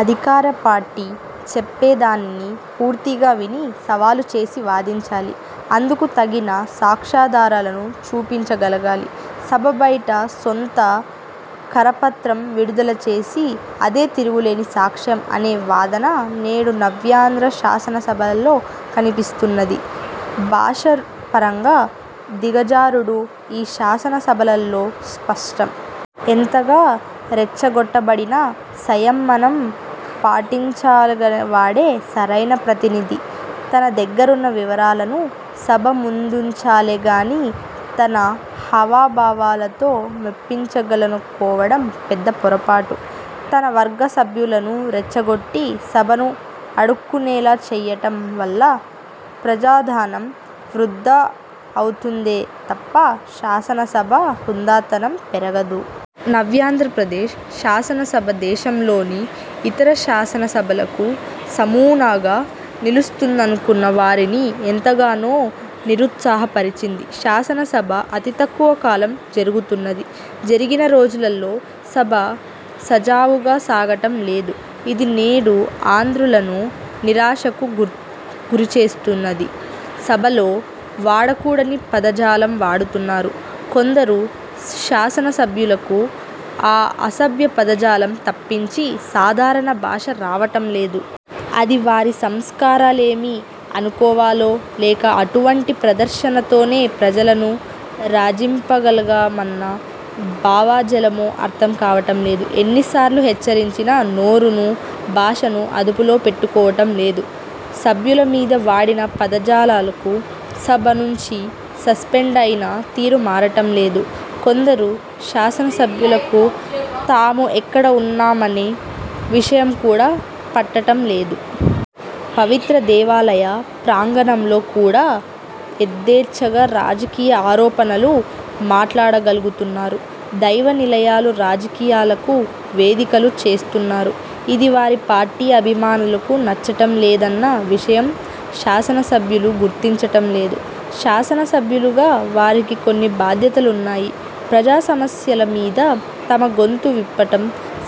అధికార పార్టీ చెప్పేదానిని పూర్తిగా విని, సవాలు చేసి వాదించాలి. అందుకు తగిన సాక్ష్యాధారాలను చూపించగలగాలి. సభ బయట సొంత కరపత్రం విడుదల చేసి అదే తిరుగులేని సాక్ష్యం అనే వాదన నేడు నవ్యాంధ్ర శాసనసభలో కనిపిస్తున్నది. భాషాపరంగా దిగజారుడు ఈ శాసన సభ్యులలో స్పష్టం. ఎంతగా రెచ్చగొట్టబడినా సంయమనం పాటించగలిగినవాడే సరైన ప్రతినిధి. తన దగ్గరున్న వివరాలను సభ ముందుంచాలే గానీ తన హావభావాలతో మెప్పించగలననుకోవడం పెద్ద పొరపాటు. తన వర్గ సభ్యులను రెచ్చగొట్టి, సభను అడ్డుకునేలా చేయటం వల్ల ప్రజాధనం వృధా అవుతుందే తప్ప శాసన సభ హుందాతనం పెరగదు. నవ్యాంధ్రప్రదేశ్ శాసనసభ దేశంలోని ఇతర శాసనసభలకు నమూనాగా నిలుస్తుందనుకున్న వారిని ఎంతగానో నిరుత్సాహపరిచింది. శాసనసభ అతి తక్కువ కాలం జరుగుతున్నది. జరిగిన రోజులలో సభ సజావుగా సాగటం లేదు. ఇది నేడు ఆంధ్రులను నిరాశకు గురిచేస్తున్నది. సభలో వాడకూడని పదజాలం వాడుతున్నారు. కొందరు శాసనసభ్యులకు ఆ అసభ్య పదజాలం తప్పించి సాధారణ భాష రావటం లేదు. అది వారి సంస్కారలేమి అనుకోవాలో లేక అటువంటి ప్రదర్శనతోనే ప్రజలను రంజింపగలమన్న భావజాలమో అర్థం కావటం లేదు. ఎన్నిసార్లు హెచ్చరించినా నోరును, భాషను అదుపులో పెట్టుకోవటం లేదు. సభ్యుల మీద వాడిన పదజాలాలకు సభ నుంచి సస్సెండయినా తీరు మారటం లేదు. కొందరు శాసనసభ్యులకు తాము ఎక్కడ ఉన్నామనే విషయం కూడా పట్టడం లేదు. పవిత్ర దేవాలయ ప్రాంగణంలో కూడా యధేచ్ఛగా రాజకీయ ఆరోపణలు మాట్లాడగలుగుతున్నారు. దైవ నిలయాలు రాజకీయాలకు వేదికలు చేస్తున్నారు. ఇది వారి పార్టీ అభిమానులకు నచ్చటం లేదన్న విషయం శాసనసభ్యులు గుర్తించటంలేదు. శాసన సభ్యులుగా వారికి కొన్ని బాధ్యతలున్నాయి. ప్రజా సమస్యల మీద తమ గొంతు విప్పటం,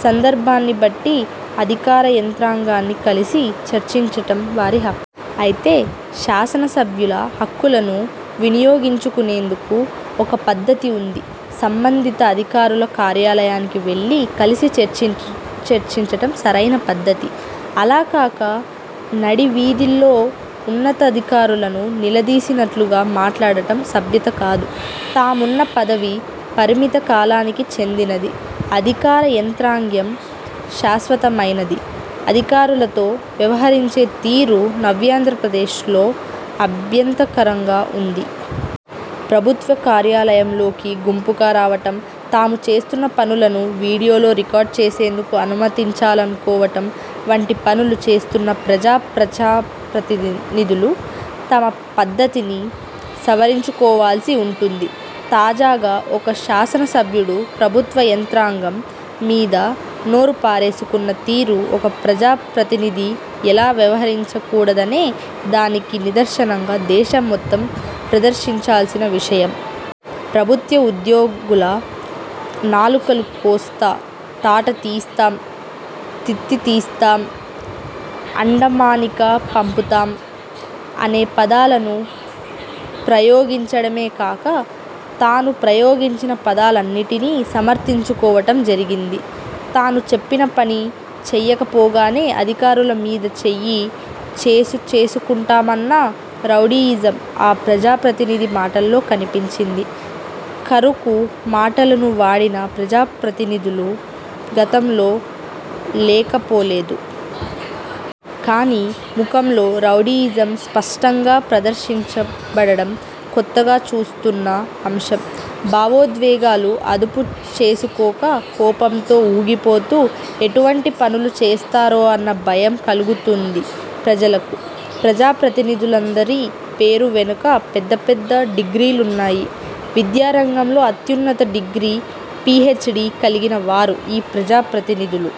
సందర్భాన్ని బట్టి అధికార యంత్రాంగాన్ని కలిసి చర్చించటం వారి హక్కు. అయితే శాసనసభ్యుల హక్కులను వినియోగించుకునేందుకు ఒక పద్ధతి వుంది. సంబంధిత అధికారుల కార్యాలయానికి వెళ్ళి కలసి చర్చించటం సరైన పద్ధతి. అలా కాక నడి వీధిలో ఉన్నతాధికారులను నిలదీసినట్లుగా మాట్లాడటం సభ్యత కాదు. తామున్న పదవి పరిమిత కాలానికి చెందినది. అధికార యంత్రాంగం శాశ్వతమైనది. అధికారులతో వ్యవహరించే తీరు నవ్యాంధ్రప్రదేశ్లో అభ్యంతరకరంగా వుంది. ప్రభుత్వ కార్యాలయాలలోకి గుంపుగా రావటం, తాము చేస్తున్న పనులను వీడియోలో రికార్డు చేసేందుకు అనుమతించాలనుకోవటం వంటి పనులు చేస్తున్న ప్రజా ప్రజాప్రతినిధులు తమ పద్ధతిని సవరించుకోవాల్సి వుంటుంది. తాజాగా ఒక శాసన సభ్యుడు ప్రభుత్వ యంత్రాంగం మీద నోరుపారేసుకున్న తీరు ఒక ప్రజాప్రతినిధి ఎలా వ్యవహరించకూడదనే దానికి నిదర్శనంగా దేశం మొత్తం ప్రదర్శించాల్సిన విషయం. ప్రభుత్వ ఉద్యోగుల నాలుకలు కోస్తా, తాట తీస్తాం, తిత్తి తీస్తాం, అండమాన్కి పంపుతాం అనే పదాలను ప్రయోగించడమే కాక తాను ప్రయోగించిన పదాలన్నింటినీ సమర్థించుకోవటం జరిగింది. తాను చెప్పిన పని చేయకపోగానే అధికారుల మీద చేయి చేసుచేసుకుంటామన్న రౌడీయిజం ఆ ప్రజాప్రతినిధి మాటలలో కనిపించింది. కరుకు మాటలను వాడిన ప్రజాప్రతినిధులు గతంలో లేకపోలేదు. కానీ ముఖంలో రౌడీయిజం స్పష్టంగా ప్రదర్శింపబడడం కొత్తగా చూస్తున్న అంశం. భావోద్వేగాలు అదుపు చేసుకోక, కోపంతో ఊగిపోతూ, ఎటువంటి పనులు చేస్తారోన్న భయం కలుగుతోంది ప్రజలకు. ప్రజాప్రతినిధులందరి పేరు వెనక పెద్ద పెద్ద డిగ్రీలున్నాయి. విద్యారంగంలో అత్యున్నత డిగ్రీ, పి. హెచ్. డి. కలిగిన వారు ఈ ప్రజా ప్రతినిధులు.